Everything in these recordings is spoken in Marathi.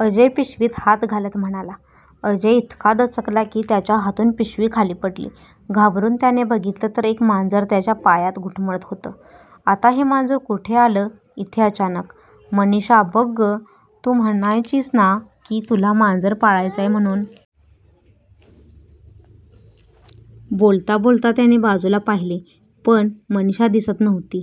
अजय पिशवीत हात घालत म्हणाला. अजय इतका दचकला की त्याच्या हातून पिशवी खाली पडली. घाबरून त्याने बघितलं तर एक मांजर त्याच्या पायात घुटमळत होतं. आता हे मांजर कुठे आलं इथे अचानक. मनीषा बघ ग, तू म्हणायचीस ना की तुला मांजर पाळायचय म्हणून? बोलता बोलता त्याने बाजूला पाहिले पण मनीषा दिसत नव्हती.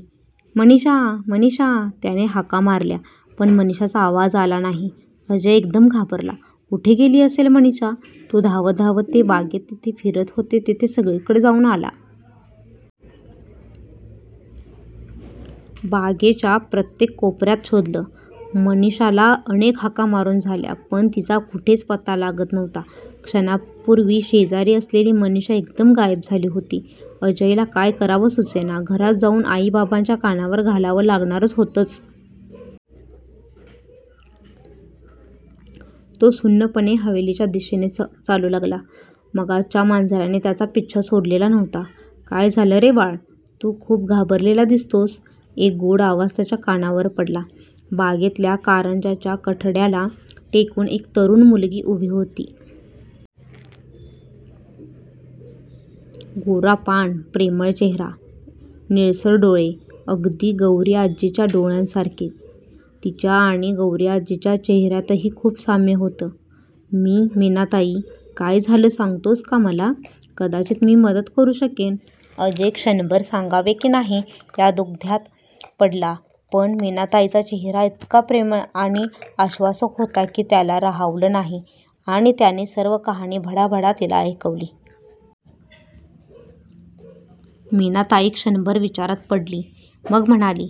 "मनीषा, मनीषा" त्याने हाका मारल्या पण मनीषाचा आवाज आला नाही. अजय एकदम घाबरला. कुठे गेली असेल मनीषा. तो धावत धावत ते बागेत जिथे फिरत होते तिथे सगळीकडे जाऊन आला. बागेच्या प्रत्येक कोपर्यात शोधलं, मनीषाला अनेक हाका मारून झाल्या पण तिचा कुठेच पत्ता लागत नव्हता. क्षणापूर्वी शेजारी असलेली मनीषा एकदम गायब झाली होती. अजयला काय करावं सुचेना. घरात जाऊन आई बाबांच्या कानावर घालावं लागणार होतंच. तो सुन्नपणे हवेलीच्या दिशेने चालू लागला. मगाचच्या मांजराने त्याचा पिच्छा सोडलेला नव्हता. "काय झालं रे बाळ? तू खूप घाबरलेला दिसतोस" एक गोड आवाज त्याच्या कानावर पडला. बागेतल्या कारंज्याच्या कठड्याला टेकून एक तरूण मुलगी उभी होती. गोरापान, प्रेमळ चेहरा. निळसर डोळे. अगदी गौरीआजीच्या डोळ्यांसारखे. तिच्या आणि गौरीआजीच्या चेहर्यातही खूप साम्य होतं. "मी मीनाताई. काय झालं सांगतोस का मला? कदाचित मी मदत करू शकेन." अजय क्षणभर सांगावे की नाही या दुग्ध्यात पडला पण मीनाताईचा चेहरा इतका प्रेमळ आणि आश्वासक होता की त्याला राहावलं नाही आणि त्याने सर्व कहाणी भडाभडा तिला ऐकवली. मीनाताई क्षणभर विचारात पडली मग म्हणाली.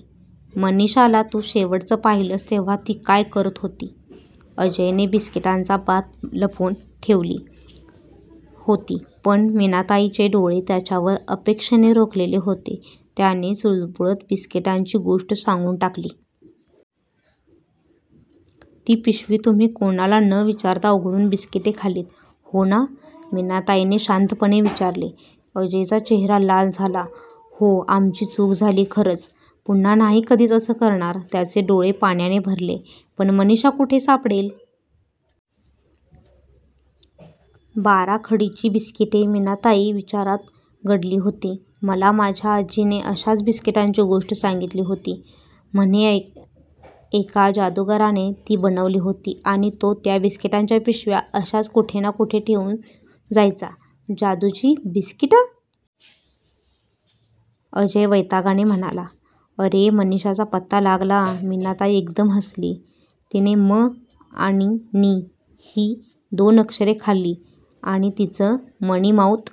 "मनीषाला तू शेवटचं पाहिलस तेव्हा ती काय करत होती? " अजयने बिस्किटांची बात लपवून ठेवली होती पण मीनाताईचे डोळे त्याच्यावर अपेक्षेने रोखलेले होते. त्याने चुळबुळत बिस्किटांची गोष्ट सांगून टाकली. "ती पिशवी तुम्ही कोणाला न विचारता उघडून बिस्किटे खाल्लीत, हो ना? " मीनाताईने शांतपणे विचारले. अजयचा चेहरा लाल झाला " हो आमची चूक झाली खरंच. पुन्हा नाही कधीच असं करणार' त्याचे डोळे पाण्याने भरले ' पण मनीषा कुठे सापडेल? " बाराखडीची बिस्किटे मीनाताई विचारात गढली होती मला माझ्या आजीने अशाच बिस्किटांची गोष्ट सांगितली होती. म्हणे एका जादूगाराने ती बनवली होती आणि तो त्या बिस्किटांच्या पिशव्या अशाच कुठे ना कुठे ठेवून जायचा "जादूची बिस्किटं? " अजय वैतागाने म्हणाला. "अरे मनीषाचा पत्ता लागला! "मीनाताई एकदम हसली "तिने 'म' आणि 'नी' ही दोन अक्षरे खाल्ली आणि तिचं मनी मनीमाऊत